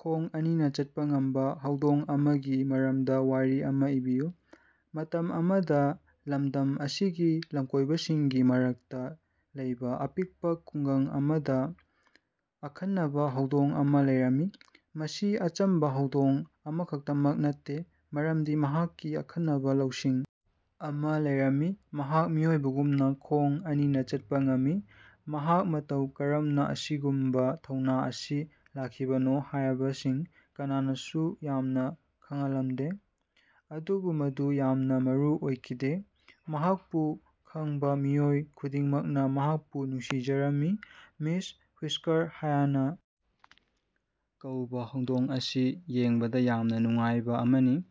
ꯈꯣꯡ ꯑꯅꯤꯗ ꯆꯠꯄ ꯉꯝꯕ ꯍꯧꯗꯣꯡ ꯑꯃꯒꯤ ꯃꯔꯝꯗ ꯋꯥꯔꯤ ꯑꯃ ꯏꯕꯤꯌꯨ꯫ ꯃꯇꯝ ꯑꯃꯗ ꯂꯝꯗꯝ ꯑꯁꯤꯒꯤ ꯂꯝꯀꯣꯏꯕꯁꯤꯡꯒꯤ ꯃꯔꯛꯇꯥ ꯂꯩꯕꯥ ꯑꯄꯤꯛꯄꯥ ꯈꯨꯡꯒꯪ ꯑꯃꯗ ꯑꯈꯟꯅꯕ ꯍꯧꯗꯣꯡ ꯑꯃ ꯂꯩꯔꯝꯃꯤ꯫ ꯃꯁꯤ ꯑꯆꯝꯕ ꯍꯧꯗꯣꯡ ꯑꯃꯈꯛꯇꯃꯛ ꯅꯠꯇꯦ ꯃꯔꯝꯗꯤ ꯃꯍꯥꯛꯀꯤ ꯑꯈꯟꯅꯕꯥ ꯂꯧꯁꯤꯡ ꯑꯃ ꯂꯩꯔꯝꯃꯤ- ꯃꯍꯥꯛ ꯃꯤꯑꯣꯏꯕꯒꯨꯝꯅꯥ ꯈꯣꯡ ꯑꯅꯤꯅ ꯆꯠꯄꯥ ꯉꯝꯃꯤ꯫ ꯃꯍꯥꯛ ꯃꯇꯧ ꯀꯔꯝꯅ ꯑꯁꯤꯒꯨꯝꯕ ꯊꯧꯅ ꯑꯁꯤ ꯂꯈꯤꯕꯅꯣ ꯍꯥꯌꯕꯁꯤ ꯀꯅꯥꯅꯁꯨ ꯌꯥꯝꯅ ꯈꯉꯂꯝꯗꯦ ꯑꯗꯨꯕꯨ ꯃꯗꯨ ꯌꯥꯝꯅ ꯃꯔꯨ ꯑꯣꯏꯈꯤꯗꯦ꯫ ꯃꯍꯥꯛꯄꯨ ꯈꯡꯕ ꯃꯤꯑꯣꯏ ꯈꯨꯗꯤꯡꯃꯛꯅ ꯃꯍꯥꯛꯄꯨ ꯅꯨꯡꯁꯤꯖꯔꯝꯃꯤ꯫ ꯃꯤꯁ ꯍꯨꯏꯁꯀꯔ ꯍꯥꯌꯅꯥ ꯀꯧꯕꯥ ꯍꯧꯗꯣꯡ ꯑꯁꯤ ꯌꯦꯡꯕꯗꯥ ꯌꯥꯝꯅ ꯅꯨꯡꯉꯥꯏꯕ ꯑꯃꯅꯤ꯫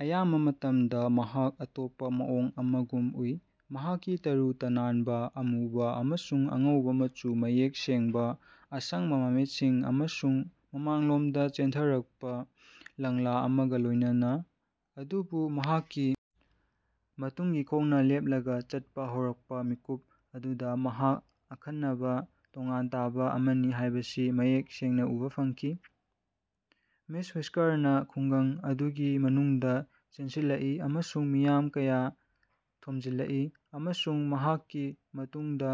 ꯑꯌꯥꯝꯕ ꯃꯇꯝꯗ ꯃꯍꯥꯛ ꯑꯇꯣꯞꯄ ꯃꯑꯣꯡ ꯑꯃꯒꯨꯝ ꯎꯏ ꯃꯍꯥꯛꯀꯤ ꯇꯔꯨ ꯇꯅꯥꯟꯕ ꯑꯃꯨꯕ ꯑꯃꯁꯨꯡ ꯑꯉꯧꯕ ꯃꯆꯨ ꯃꯌꯦꯛ ꯁꯦꯡꯕꯥ ꯑꯁꯪꯕ ꯃꯃꯤꯠꯁꯤꯡ ꯑꯃꯁꯨꯡ ꯃꯃꯥꯡꯂꯣꯝꯗ ꯆꯦꯟꯊꯔꯛꯄꯥ ꯂꯪꯂꯥ ꯑꯃꯒ ꯂꯣꯢꯅꯅꯥ꯫ ꯑꯗꯨꯕꯨ ꯃꯍꯥꯛꯀꯤ ꯃꯇꯨꯡꯒꯤ ꯈꯣꯡꯅ ꯂꯦꯞꯂꯒ ꯆꯠꯄ ꯍꯧꯔꯛꯄ ꯃꯤꯀꯨꯞ ꯑꯗꯨꯗ ꯃꯍꯥꯛ ꯑꯈꯟꯅꯕ ꯇꯣꯉꯥꯟ ꯇꯥꯕ ꯑꯃꯅꯤ ꯍꯥꯢꯕꯁꯤ ꯃꯌꯦꯛ ꯁꯦꯡꯅ ꯎꯕ ꯐꯪꯈꯤ꯫ ꯃꯤꯁ ꯍꯨꯏꯁꯀꯔꯅ ꯈꯨꯡꯒꯪ ꯑꯗꯨꯒꯤ ꯃꯅꯨꯡꯗꯥ ꯆꯦꯟꯁꯤꯜꯂꯛꯏ ꯑꯃꯁꯨꯡ ꯃꯤꯌꯥꯝ ꯀꯌꯥ ꯊꯣꯝꯖꯤꯜꯂꯛꯏ ꯑꯃꯁꯨꯡ ꯃꯍꯥꯛꯀꯤ ꯃꯇꯨꯡꯗꯥ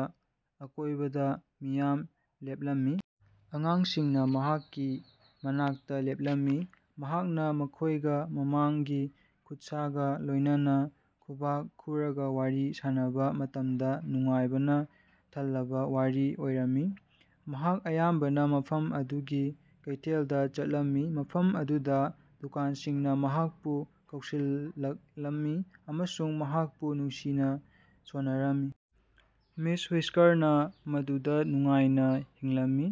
ꯑꯀꯣꯏꯕꯗ ꯃꯤꯌꯥꯝ ꯂꯦꯞꯂꯝꯃꯤ꯫ ꯑꯉꯥꯡꯁꯤꯡꯅ ꯃꯍꯥꯛꯀꯤ ꯃꯅꯥꯛꯇ ꯂꯦꯞꯂꯝꯃꯤ ꯃꯍꯥꯛꯅꯥ ꯃꯈꯣꯢꯒ ꯃꯃꯥꯡꯒꯤ ꯈꯨꯠꯁꯥꯒ ꯂꯣꯏꯅꯥꯅ ꯈꯨꯕꯥꯛ ꯈꯨꯔꯒ ꯋꯥꯔꯤ ꯁꯥꯟꯅꯕ ꯃꯇꯝꯗ ꯅꯨꯡꯉꯥꯏꯕꯅ ꯊꯜꯂꯕ ꯋꯥꯔꯤ ꯑꯣꯏꯔꯝꯃꯤ꯫ ꯃꯍꯥꯛ ꯑꯌꯥꯝꯕꯅ ꯃꯐꯝ ꯑꯗꯨꯒꯤ ꯀꯩꯊꯦꯜꯗ ꯆꯠꯂꯝꯃꯤ ꯃꯐꯝ ꯑꯗꯨꯗ ꯗꯨꯀꯥꯟꯁꯤꯡꯅ ꯃꯍꯥꯛꯄꯨ ꯀꯧꯁꯤꯜꯂꯛꯂꯝꯃꯤ ꯑꯃꯁꯨꯡ ꯃꯍꯥꯛꯄꯨ ꯅꯨꯡꯁꯤꯅ ꯁꯣꯟꯅꯔꯝꯃꯤ꯫ ꯃꯤꯁ ꯍꯨꯏꯁꯀꯔꯅ ꯃꯗꯨꯗ ꯅꯨꯡꯉꯥꯏꯅ ꯍꯤꯡꯂꯝꯃꯤ꯫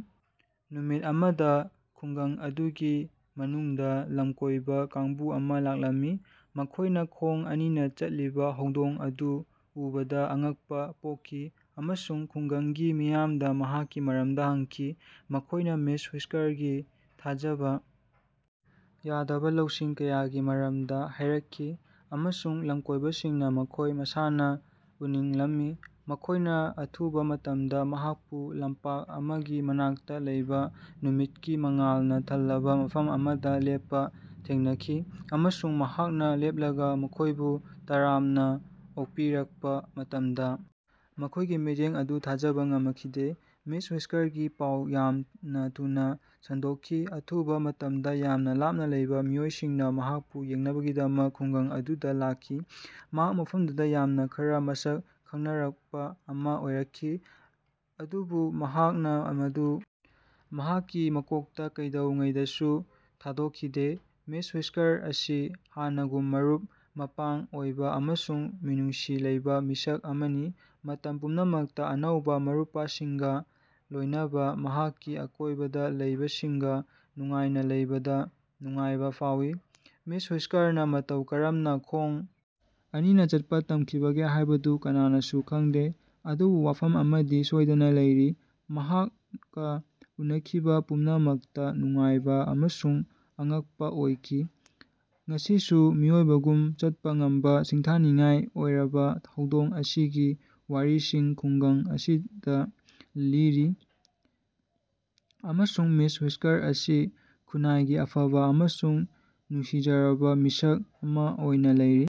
ꯅꯨꯃꯤꯠ ꯑꯃꯗ ꯈꯨꯡꯒꯪ ꯑꯗꯨꯒꯤ ꯃꯅꯨꯡꯗꯥ ꯂꯝꯀꯣꯢꯕ ꯀꯥꯡꯕꯨ ꯑꯃ ꯂꯥꯛꯂꯝꯃꯤ꯫ ꯃꯈꯣꯢꯅ ꯈꯣꯡ ꯑꯅꯤꯅ ꯆꯠꯂꯤꯕ ꯍꯧꯗꯣꯡ ꯑꯗꯨ ꯎꯕꯗ ꯑꯉꯛꯄ ꯄꯣꯛꯈꯤ ꯑꯃꯁꯨꯡ ꯈꯨꯡꯒꯪꯒꯤ ꯃꯤꯌꯥꯝꯗ ꯃꯍꯥꯛꯀꯤ ꯃꯔꯝꯗ ꯍꯪꯈꯤ꯫ ꯃꯈꯣꯢꯅ ꯃꯤꯁ ꯍꯨꯏꯁ꯭ꯀꯔꯒꯤ ꯊꯥꯖꯕ ꯌꯥꯗꯕ ꯂꯧꯁꯤꯡ ꯀꯌꯥꯒꯤ ꯃꯔꯝꯗ ꯍꯥꯢꯔꯛꯈꯤ ꯑꯃꯁꯨꯡ ꯂꯝꯀꯣꯢꯕꯁꯤꯡꯅ ꯃꯈꯣꯏ ꯃꯁꯥꯅ ꯎꯅꯤꯡꯂꯝꯃꯤ ꯫ ꯃꯈꯣꯢꯅꯥ ꯑꯊꯨꯕ ꯃꯇꯝꯗ ꯃꯍꯥꯛꯄꯨ ꯂꯝꯄꯥꯛ ꯑꯃꯒꯤ ꯃꯅꯥꯛꯇ ꯂꯩꯕꯥ ꯅꯨꯃꯤꯠꯀꯤ ꯃꯉꯥꯜꯅ ꯊꯜꯂꯕ ꯃꯐꯝ ꯑꯃꯗ ꯂꯦꯞꯄ ꯊꯦꯡꯅꯈꯤ ꯑꯃꯁꯨꯡ ꯃꯍꯥꯛꯅ ꯂꯦꯞꯂꯒ ꯃꯈꯣꯏꯕꯨ ꯇꯔꯥꯝꯅ ꯑꯣꯛꯄꯤꯔꯛꯄ ꯃꯇꯝꯗ ꯃꯈꯣꯢꯒꯤ ꯃꯤꯠꯌꯦꯡ ꯑꯗꯨ ꯊꯥꯖꯕ ꯉꯃꯈꯤꯗꯦ꯫ ꯃꯤꯁ ꯍꯨꯏꯁꯀꯔꯒꯤ ꯄꯥꯎ ꯌꯥꯝꯅ ꯊꯨꯅꯥ ꯁꯟꯗꯣꯛꯈꯤ ꯑꯊꯨꯕꯥ ꯃꯇꯝꯗ ꯌꯥꯝꯅ ꯂꯥꯞꯅ ꯂꯩꯕ ꯃꯤꯑꯣꯏꯁꯤꯡꯅꯥ ꯃꯍꯥꯛꯄꯨ ꯌꯦꯡꯅꯕꯒꯤꯗꯃꯛ ꯈꯨꯡꯒꯪ ꯑꯗꯨꯗ ꯂꯥꯛꯈꯤ꯫ ꯃꯍꯥꯛ ꯃꯐꯝꯗꯨꯗ ꯃꯌꯥꯝꯅ ꯈꯔ ꯃꯁꯛ ꯈꯪꯅꯔꯛꯄ ꯑꯃ ꯑꯣꯏꯔꯛꯈꯤ꯫ ꯑꯗꯨꯕꯨ ꯃꯍꯥꯛꯅ ꯃꯗꯨ ꯃꯍꯥꯛꯀꯤ ꯃꯀꯣꯛꯇ ꯀꯩꯗꯧꯉꯩꯗꯁꯨ ꯊꯥꯗꯣꯛꯈꯤꯗꯦ꯫ ꯃꯤꯁ ꯍꯨꯏꯁꯀꯔ ꯑꯁꯤ ꯍꯥꯟꯅꯒꯨꯝ ꯃꯔꯨꯞ-ꯃꯄꯥꯡ ꯑꯣꯏꯕ ꯑꯃꯁꯨꯡ ꯃꯤꯅꯨꯡꯁꯤ ꯂꯩꯕꯥ ꯃꯤꯁꯛ ꯑꯃꯅꯤ ꯫ ꯃꯇꯝ ꯄꯨꯝꯅꯃꯛꯇꯥ ꯑꯅꯧꯕꯥ ꯃꯔꯨꯄꯁꯤꯡꯒꯥ ꯂꯣꯢꯅꯥꯕ ꯃꯍꯥꯛꯀꯤ ꯑꯀꯣꯢꯕꯗ ꯂꯩꯕꯁꯤꯡꯒ ꯅꯨꯡꯉꯥꯏꯅ ꯂꯩꯕꯗ ꯅꯨꯡꯉꯥꯏꯕ ꯐꯥꯎꯏ꯫ ꯃꯤꯁ ꯍꯨꯏꯁꯀꯔꯅ ꯃꯇꯧ ꯀꯔꯝꯅ ꯈꯣꯡ ꯑꯅꯤꯅ ꯆꯠꯄ ꯇꯝꯈꯤꯕꯒꯦ ꯍꯥꯢꯕꯗꯨ ꯀꯅꯥꯅꯁꯨ ꯈꯪꯗꯦ ꯑꯗꯨꯕꯨ ꯋꯥꯐꯝ ꯑꯃꯗꯤ ꯁꯣꯢꯗꯅ ꯂꯩꯔꯤ ꯃꯍꯥꯛꯀꯥ ꯎꯅꯈꯤꯕ ꯄꯨꯝꯅꯃꯛꯇ ꯅꯨꯡꯉꯥꯏꯕ ꯑꯃꯁꯨꯡ ꯑꯉꯛꯄ ꯑꯣꯏꯈꯤ꯫ ꯉꯁꯤꯁꯨ ꯃꯤꯑꯣꯏꯕꯒꯨꯝ ꯆꯠꯄꯥ ꯉꯝꯕ ꯁꯤꯡꯊꯥꯅꯤꯡꯉꯥꯏ ꯑꯣꯏꯔꯕꯥ ꯍꯧꯗꯣꯡ ꯑꯁꯤꯒꯤ ꯋꯥꯔꯤꯁꯤꯡ ꯈꯨꯡꯒꯪ ꯑꯁꯤꯗ ꯂꯤꯔꯤ ꯑꯃꯁꯨꯡ ꯃꯤꯁ ꯍꯨꯏꯁꯀꯔ ꯑꯁꯤ ꯈꯨꯟꯅꯥꯏꯒꯤ ꯑꯐꯕ ꯑꯃꯁꯨꯡ ꯅꯨꯡꯁꯤꯖꯔꯕ ꯃꯤꯁꯛ ꯑꯃ ꯑꯣꯏꯅ ꯂꯩꯔꯤ꯫